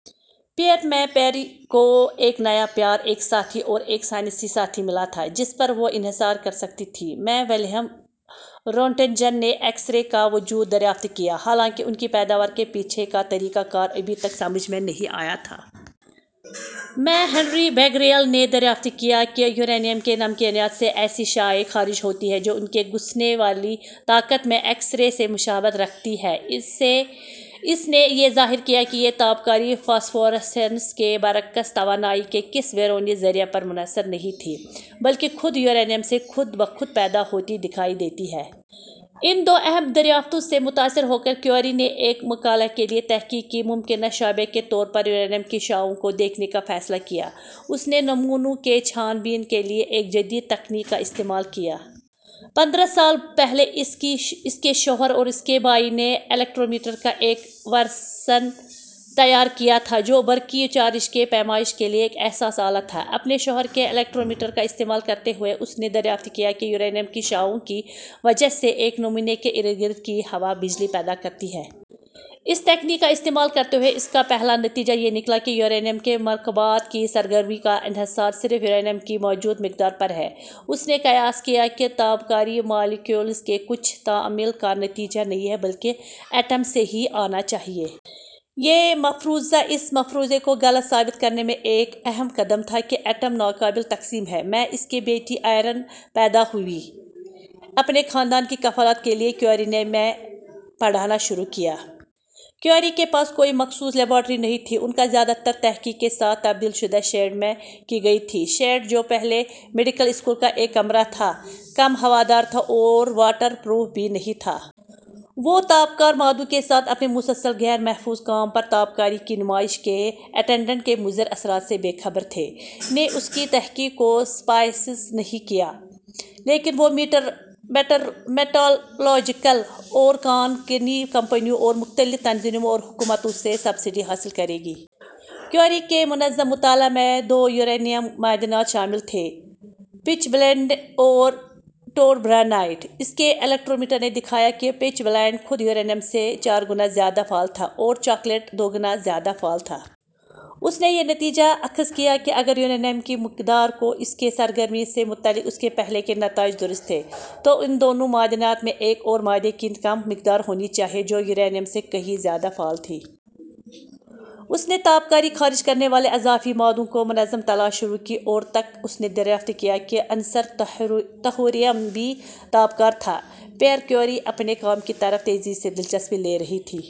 Pair میں، Marie کو ایک نیا پیار، ایک ساتھی اور ایک سائنسی ساتھی ملا تھا جس پر وہ انحصار کر سکتی تھی۔ میں، ولہیم رونٹجن نے ایکس رے کا وجود دریافت کیا، حالانکہ ان کی پیداوار کے پیچھے کا طریقہ کار ابھی تک سمجھ میں نہیں آیا تھا۔ میں، ہنری بیکریل نے دریافت کیا کہ یورینیم کے نمکیات سے ایسی شعاعیں خارج ہوتی ہیں جو ان کی گھسنے والی طاقت میں ایکس رے سے مشابہت رکھتی ہیں۔ اس نے یہ ظاہر کیا کہ یہ تابکاری، فاسفورسیسنس کے برعکس، توانائی کے کسی بیرونی ذریعہ پر منحصر نہیں تھی بلکہ خود یورینیم سے خود بخود پیدا ہوتی دکھائی دیتی ہے۔ ان دو اہم دریافتوں سے متاثر ہو کر، کیوری نے ایک مقالہ کے لیے تحقیق کے ممکنہ شعبے کے طور پر یورینیم کی شعاعوں کو دیکھنے کا فیصلہ کیا۔ اس نے نمونوں کی چھان بین کے لیے ایک جدید تکنیک کا استعمال کیا۔ پندرہ سال پہلے، اس کے شوہر اور اس کے بھائی نے الیکٹرومیٹر کا ایک ورژن تیار کیا تھا، جو برقی چارج کی پیمائش کے لیے ایک حساس آلہ تھا۔ اپنے شوہر کے الیکٹرومیٹر کا استعمال کرتے ہوئے، اس نے دریافت کیا کہ یورینیم کی شعاعوں کی وجہ سے ایک نمونے کے ارد گرد کی ہوا بجلی پیدا کرتی ہے۔ اس تکنیک کا استعمال کرتے ہوئے، اس کا پہلا نتیجہ یہ نکلا کہ یورینیم کے مرکبات کی سرگرمی کا انحصار صرف یورینیم کی موجود مقدار پر ہے۔ اس نے قیاس کیا کہ تابکاری مالیکیولز کے کچھ تعامل کا نتیجہ نہیں ہے بلکہ ایٹم سے ہی آنا چاہیے۔ یہ مفروضہ اس مفروضے کو غلط ثابت کرنے میں ایک اہم قدم تھا کہ ایٹم ناقابل تقسیم ہیں۔ میں، اس کی بیٹی آئرین پیدا ہوئی. اپنے خاندان کی کفالت کے لیے، کیوری نے میں پڑھانا شروع کیا۔ کیوری کے پاس کوئی مخصوص لیبارٹری نہیں تھی۔ ان کی زیادہ تر تحقیق کے ساتھ تبدیل شدہ شیڈ میں کی گئی تھی۔ شیڈ، جو پہلے میڈیکل اسکول کا ایک کمرہ تھا، کم ہوادار تھا اور واٹر پروف بھی نہیں تھا۔ وہ تابکار مادوں کے ساتھ اپنے مسلسل غیر محفوظ کام پر تابکاری کی نمائش کے اٹینڈنٹ کے مضر اثرات سے بے خبر تھے۔ نے اس کی تحقیق کو سپانسر نہیں کیا، لیکن وہ میٹالرجیکل اور کان کنی کمپنیوں اور مختلف تنظیموں اور حکومتوں سے سبسڈی حاصل کرے گی۔ کیوری کے منظم مطالعہ میں دو یورینیم معدنیات شامل تھے، پچ بلینڈ اور ٹوربرنائٹ۔ اس کے الیکٹرومیٹر نے دکھایا کہ پچ بلینڈ خود یورینیم سے چار گنا زیادہ فعال تھا اور چاکلیٹ دو گنا زیادہ فعال تھا۔ اس نے یہ نتیجہ اخذ کیا کہ اگر یورینیم کی مقدار کو اس کی سرگرمی سے متعلق اس کے پہلے کے نتائج درست تھے، تو ان دونوں معدنیات میں ایک اور مادے کی کم مقدار ہونی چاہیے جو یورینیم سے کہیں زیادہ فعال تھی۔ اس نے تابکاری خارج کرنے والے اضافی مادوں کی منظم تلاش شروع کی اور تک اس نے دریافت کیا کہ عنصر تھوریم بھی تابکار تھا۔ پیئر کیوری اپنے کام کی طرف تیزی سے دلچسپی لے رہی تھی۔